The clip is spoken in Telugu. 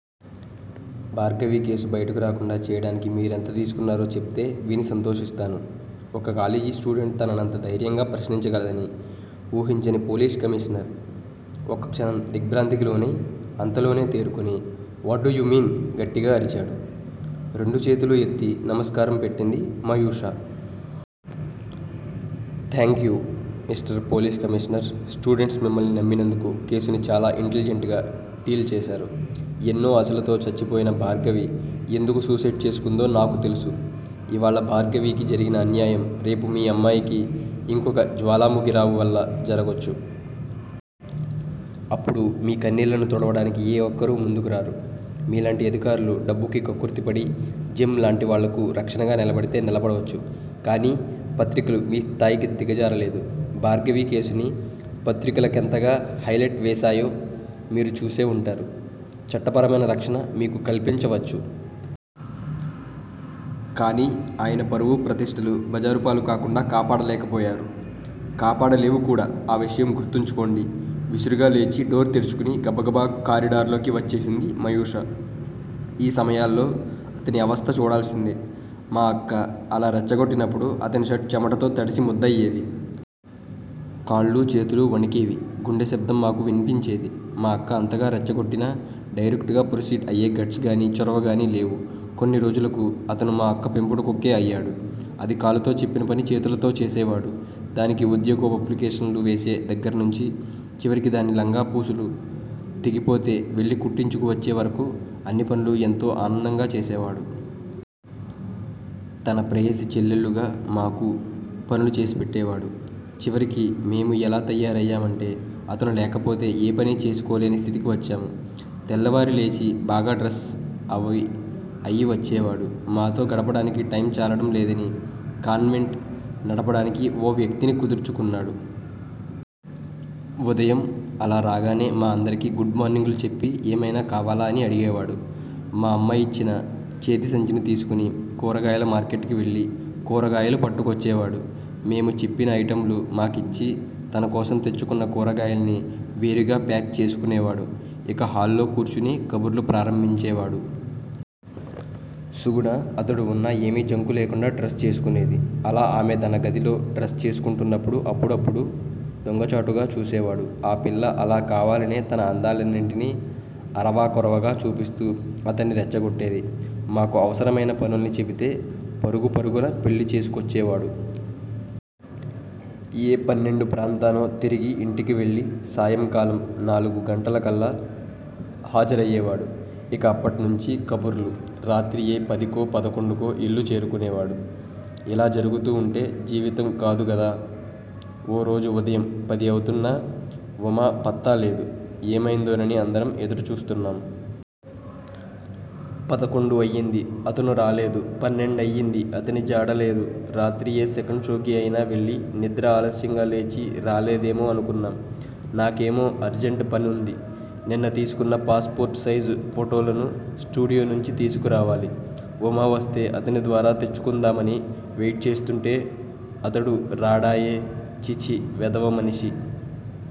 భార్గవి కేసు బయటకు రాకుండా చేయడానికి మీరెంత తీసుకున్నారో చెప్తే విని సంతోషిస్తాను ఒక కాలేజీ స్టూడెంట్ తననంత ధైర్యంగా ప్రస్నించగలదని ఊహించని పోలీస్ కమీషనర్ ఒక్కక్షణం దిగ్బ్రాంతికి లోనై అంతలోనే తేరుకొని వాట్ డూ యు మీన్ గట్టిగా అరిచాడు. రెండు చేతులు ఎత్తి నమస్కారం పెట్టింది Mayusha. Thank you mister police commissioner students మిమ్మల్ని నమ్మినందుకు కేసుని చాలా ఇంటెలిజెంట్ గా డీల్ చేసారు. ఎన్నో ఆశలతో చచ్చిపోయిన భార్గవి ఎందుకు సూసైడ్ చేసుకుందో నాకు తెలుసు. ఇవాళ భార్గవికి జరిగిన అన్యాయం రేపు మీ అమ్మాయికి, ఇంకొక జ్వాలాముఖిరావు వల్ల జరగొచ్చు. అప్పుడు మీ కన్నీళ్ళను తుడవడానికి ఏ ఒక్కరూ ముందుకురారు మీలాంటి అధికార్లు డబ్బుకి కక్కుర్తిపడి జెమ్ లాంటి వాళ్ళకు రక్షణగా నిలబడితే నిలబడవచ్చు. కానీ పత్రికలు మీ స్థాయికి దిగజారలేదు. భార్గవి కేసుని పత్రికల కెంతగా హైలెట్ వేసాయో మీరు చూసే వుంటారు, చట్టపరమైన రక్షణ మీకు కల్పించవచ్చు. కానీ ఆయన పరువు, ప్రతిష్టలు బజారు పాలు కాకుండా కాపాడలేకపోయాయి, కాపాడలేవుకూడా ఆ విషయం గుర్తుంచుకోండి విసురుగా లేచి డోర్ తెరచుకుని గబగబా కారిడార్లోకి వచ్చేసింది మయూష. ఈ సమయాల్లో అతని అవస్థ చూడాల్సిందే. మా అక్క అలా రెచ్చగొట్టినప్పుడు అతని షర్ట్ చెమటతో తడిసి ముద్దయ్యేది. కాళ్ళూ చేతులూ వణికేవి. గుండె శబ్దం మాకు విన్పించేది. మా అక్క అంతగా రెచ్చగొట్టినా డైరెక్టుగా ప్రొసీడ్ అయ్యే గట్స్ గానీ- చొరవగానీ లేవు. కొన్నిరోజులకు అతను మా అక్క పెంపుడు కుక్కే అయ్యాడు. అది కాలుతో చెప్పిన పని చేతులతో చేసేవాడు దానికి ఉద్యోగపు అప్లికేషన్లు వేసే దగ్గర్నుంచి చివరికి దాని లంగా పూసులు తెగిపోతే వెళ్ళి కుట్టించుకు వచ్చే వరకు అన్ని పనులు ఎంతో ఆనందంగా చేసేవాడు. తన ప్రేయసి చెల్లెళ్ళుగా మాకూ పనులు చేసేపెట్టేవాడు. చివరికి మేము యెలా తయారయ్యామంటే అతను లేకపోతే ఏ పనీ చేసుకోలేని స్థితికి వచ్చాము. తెల్లవారి లేచి బాగా డ్రస్ అవ్ అయి వచ్చేవాడు. మాతో గడపడానికి టైమ్ చాలడం లేదని కాన్వెంట్ నడపడానికి ఓ వ్యక్తిని కుదుర్చుకున్నాడు. ఉదయం అలా రాగానే మా అందరికీ గుడ్ మార్నింగ్ లు చెప్పి ఏమైనా కావాలా అని అడిగేవాడు. మా అమ్మ యిచ్చిన చేతిసంచిని తీసుకుని కూరగాయల మార్కెట్ కి వెళ్ళి కూరగాయలు పట్టుకొచ్చేవాడు. మేము చెప్పిన ఐటమ్ లు మాకిచ్చి, తనకోసం తెచ్చుకున్న కూరగాయల్ని వేరుగా ప్యాక్ చేసుకునేవాడు ఇక హాల్లో కూర్చుని కబుర్లు ప్రారంభించేవాడు. సుగుణ అతడు వున్న ఏమీ జంకు లేకుండా డ్రస్ చేసుకునేది. అలా ఆమె తన గదిలో డ్రస్ చేసుకుంటున్నప్పుడు అప్పుడప్పుడూ దొంగచాటుగా చూసేవాడు. ఆ పిల్లా అలా కావాలనే తన అందాలన్నిటినీ అరవా కొరవగా చూపిస్తూ అతన్ని రెచ్చగొట్టేది. మాకు అవసరమైన పనుల్ని చెబితే పరుగు పరుగున పెళ్ళి చేసుకోచ్చేవాడు. ఏ పన్నెండు ప్రాంతానో తిరిగి ఇంటికి వెళ్ళి సాయంకాలం నాలుగు గంటలకల్లా హాజరయ్యేవాడు. ఇక అప్పట్నుంచీ కబుర్లు. రాత్రి ఏ పదికో, పదకొండుకో ఇల్లు చేరుకునేవాడు. ఇలా జరుగుతూ వుంటే జీవితం కాదు గదా. ఓరోజు ఉదయం పది అవుతున్నా ఉమా పత్తా లేదు ఏమైందోనని అందరం ఎదురుచూస్తున్నాం. పదకొండు అయ్యింది. అతను రాలేదు పన్నెండయ్యింది. అతని జాడలేదు. రాత్రి ఏ సెకండ్ షోకి అయినా వెళ్ళి నిద్ర ఆలస్యంగా లేచి రాలేదేమో అనుకున్నాం. నాకేమో అర్జెంట్ పనుంది. నిన్న తీసుకున్న పాస్ పోర్టు సైజు ఫోటోలను స్టూడియో నుంచి తీసుకురావాలి. ఉమా వస్తే అతని ద్వారా తెచ్చుకుందామని వెయిట్ చేస్తుంటే అతడు రాడాయె. ఛీఛీ వెధవ మనిషి.